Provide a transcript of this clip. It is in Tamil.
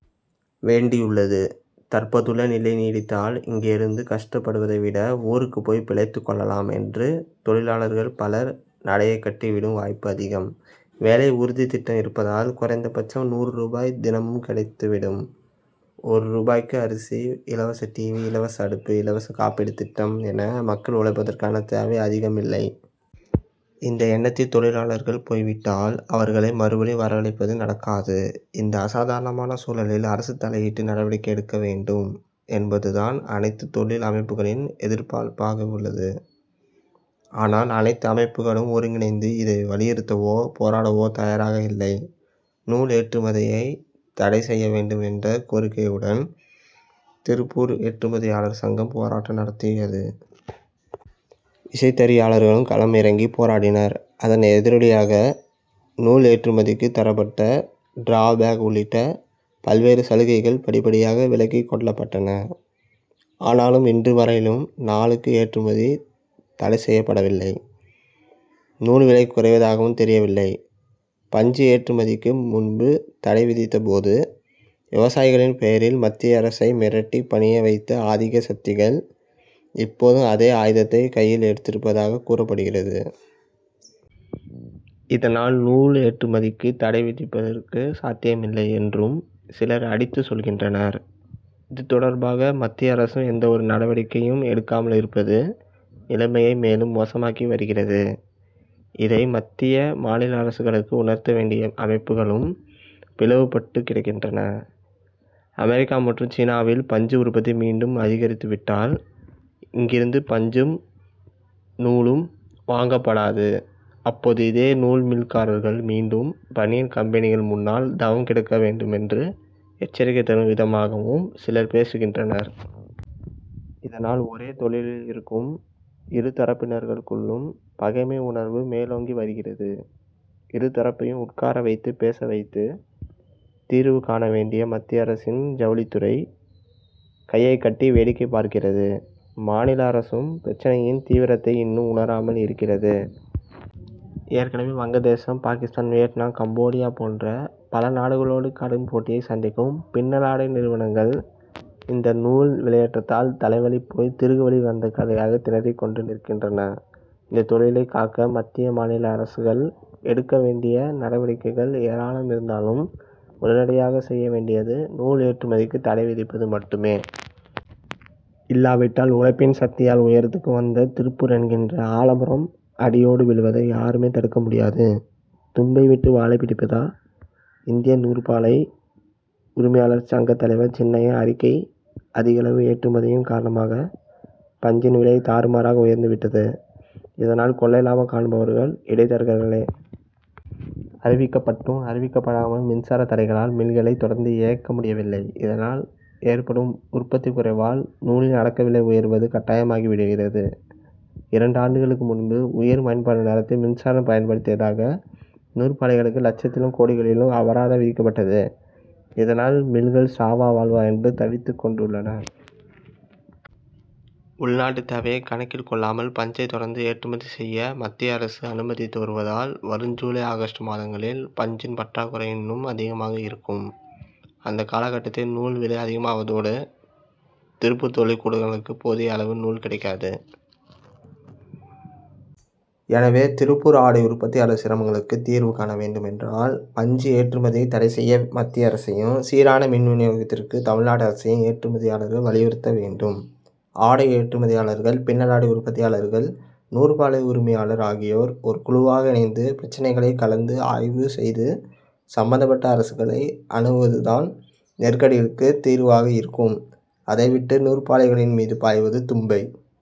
வேண்டியுள்ளது. தற்போதுள்ள நிலை நீடித்தால், இங்கேயிருந்து கஷ்டப்படுவதை விட, ஊருக்குப் போய் பிழைத்துக் கொள்ளலாம் என்று தொழிலாளர்கள் பலர் நடையைக் கட்டி விடும் வாய்ப்பு அதிகம். வேலை உறுதித் திட்டம் இருப்பதால், குறைந்தபட்சம் நூறு ரூபாய் தினமும் கிடைத்து விடும். ஒரு ரூபாய்க்கு அரிசி, இலவச டிவி, இலவச அடுப்பு, இலவச காப்பீட்டுத் திட்டம் என, மக்கள் உழைப்பதற்கான தேவை அதிகமில்லை. இந்த எண்ணத்தில் தொழிலாளர்கள் போய் விட்டால், அவர்களை மறுபடி வரவழைப்பது நடக்காது. இந்த அசாதாரணமான சூழலில் அரசு தலையிட்டு நடவடிக்கை எடுக்க வேண்டும் என்பதுதான் அனைத்து தொழில் அமைப்புகளின் எதிர்பார்ப்பாகவுள்ளது. ஆனால், அனைத்து அமைப்புகளும் ஒருங்கிணைந்து, இதை வலியுறுத்தவோ, போராடவோ தயாராகயில்லை. நூல் ஏற்றுமதியைத் தடை செய்ய வேண்டும் என்ற கோரிக்கையுடன், திருப்பூர் ஏற்றுமதியாளர் சங்கம் போராட்டம் நடத்தியது. விசைத்தறியாளர்களும் களம் இறங்கிப் போராடினர். அதன் எதிரொலியாக, நூல் ஏற்றுமதிக்கு தரப்பட்ட டிராபேக் உள்ளிட்ட பல்வேறு சலுகைகள் படிப்படியாக விலக்கிக் கொள்ளப்பட்டன. ஆனாலும், இன்று வரையிலும் நூலுக்கு ஏற்றுமதி தடை செய்யப்படவில்லை; நூல் விலை குறைவதாகவும் தெரியவில்லை. பஞ்சு ஏற்றுமதிக்கு முன்பு தடை விதித்தபோது, விவசாயிகளின் பெயரில் மத்திய அரசை மிரட்டிப் பணிய வைத்த ஆதிக்க சக்திகள், இப்போதும் அதே ஆயுதத்தைக் கையில் எடுத்திருப்பதாகக் கூறப்படுகிறது. இதனால், நூல் ஏற்றுமதிக்கு தடை விதிப்பதற்கு சாத்தியமேயில்லை என்றும் சிலர் அடித்துச் சொல்கின்றனர். இது தொடர்பாக மத்திய அரசும் எந்த ஒரு நடவடிக்கையும் எடுக்காமல் இருப்பது, நிலைமையை மேலும் மோசமாக்கி வருகிறது. இதை மத்திய, மாநில அரசுகளுக்கு உணர்த்தவேண்டிய அமைப்புகளும் பிளவு பட்டுக்கிடக்கின்றன. அமெரிக்கா மற்றும் சீனாவில் பஞ்சு உற்பத்தி மீண்டும் அதிகரித்து விட்டால், இங்கிருந்து பஞ்சும், நூலும் வாங்கப்படாது, அப்போது இதே நூல் மில்காரர்கள் மீண்டும் பனியன் கம்பெனிகள் முன்னால் தவம் கிடக்க வேண்டுமென்று எச்சரிக்கை தரும் விதமாகவும் சிலர் பேசுகின்றனர். இதனால், ஒரே தொழிலில் இருக்கும் இரு தரப்பினருக்குள்ளும் பகைமை உணர்வு மேலோங்கி வருகிறது. இரு தரப்பையும் உட்கார வைத்துப் பேச வைத்து, தீர்வு காண வேண்டிய மத்திய அரசின் ஜவுளித்துறை, கையைக் கட்டி வேடிக்கை பார்க்கிறது. மாநில அரசும், பிரச்னையின் தீவிரத்தை இன்னும் உணராமல் இருக்கிறது. ஏற்கனவே, வங்கதேசம், பாகிஸ்தான், வியட்நாம், கம்போடியா போன்ற பல நாடுகளோடு கடும் போட்டியைச் சந்திக்கும் பின்னலாடை நிறுவனங்கள், இந்த நூல் விலையேற்றத்தால் தலைவலி போய் திருகுவலி வந்த கதையாக திணறிக் கொண்டு நிற்கின்றன. இந்த தொழிலைக் காக்க மத்திய, மாநில அரசுகள் எடுக்க வேண்டிய நடவடிக்கைகள் ஏராளம் இருந்தாலும், உடனடியாகச்செய்ய வேண்டியது, நூல் ஏற்றுமதிக்கு தடை விதிப்பது மட்டுமே. இல்லாவிட்டால், உழைப்பின் சக்தியால் உயரத்துக்கு வந்த திருப்பூர் என்கிற ஆலமரம், அடியோடு வீழ்வதை யாருமே தடுக்க முடியாது. தும்பை விட்டு வாலை பிடிப்பதா? இந்திய நூற்பாலை உரிமையாளர்கள் சங்க தலைவர் சின்னையன் அறிக்கைஅதிக அளவு ஏற்றுமதியின் காரணமாக பஞ்சின் விலை தாறுமாறாக உயர்ந்து விட்டது. இதனால், கொள்ளை லாபம் காண்பவர்கள் இடைத்தரகர்களே. அறிவிக்கப்பட்டும், அறிவிக்கப்படாமலும் மின்சார தடைகளால் மில்களை தொடர்ந்து இயக்க முடியவில்லை. இதனால் ஏற்படும் உற்பத்தி குறைவால், நூலின் அடக்க விலை உயர்வது கட்டாயமாகி விடுகிறது. இரண்டு ஆண்டுகளுக்கு முன்பு உயர் பயன்பாட்டு நேரத்தில் மின்சாரம் பயன் படுத்தியதாக நூற்பாலைகளுக்கு லட்சத்திலும், கோடிகளிலும் அபராதம் விதிக்கப்பட்டது. இதனால் மில்கள் சாவா, வாழ்வா என்று தவித்துக் கொண் டுள்ளன. உள்நாட்டு தேவையை கணக்கில் கொள்ளாமல், பஞ்சை தொடர்ந்து ஏற்றுமதி செய்ய மத்திய அரசு அனுமதித்து வருவதால், வரும் ஜூலை, ஆகஸ்ட் மாதங்களில் பஞ்சின் பற்றாக்குறை இன்னும் அதிகமாக இருக்கும். அந்த காலகட்டத்தில் நூல் விலை அதிகமாவதோடு, திருப்பூர் தொழில் கூடங்களுக்கு போதிய அளவு நூல் கிடைக்காது. எனவே, திருப்பூர் ஆடை உற்பத்தியாளர் சிரமங்களுக்கு தீர்வு காண வேண்டுமென்றால் பஞ்சு ஏற்றுமதியை தடை செய்ய மத்திய அரசையும், சீரான மின் விநியோகத்திற்கு தமிழ்நாடு அரசையும் ஏற்றுமதியாளர்கள் வலியுறுத்த வேண்டும். ஆடை ஏற்றுமதியாளர்கள், பின்னலாடை உற்பத்தியாளர்கள், நூற்பாலை உரிமையாளர் ஆகியோர் ஒரு குழுவாக இணைந்து பிரச்னைகளை கலந்து ஆய்வு செய்து சம்பந்தப்பட்ட அரசுகளை அணுகுவதுதான் நெருக்கடிகளுக்கு தீர்வாக இருக்கும். அதை விட்டு நூற்பாலைகளின் மீது பாய்வது தும்பை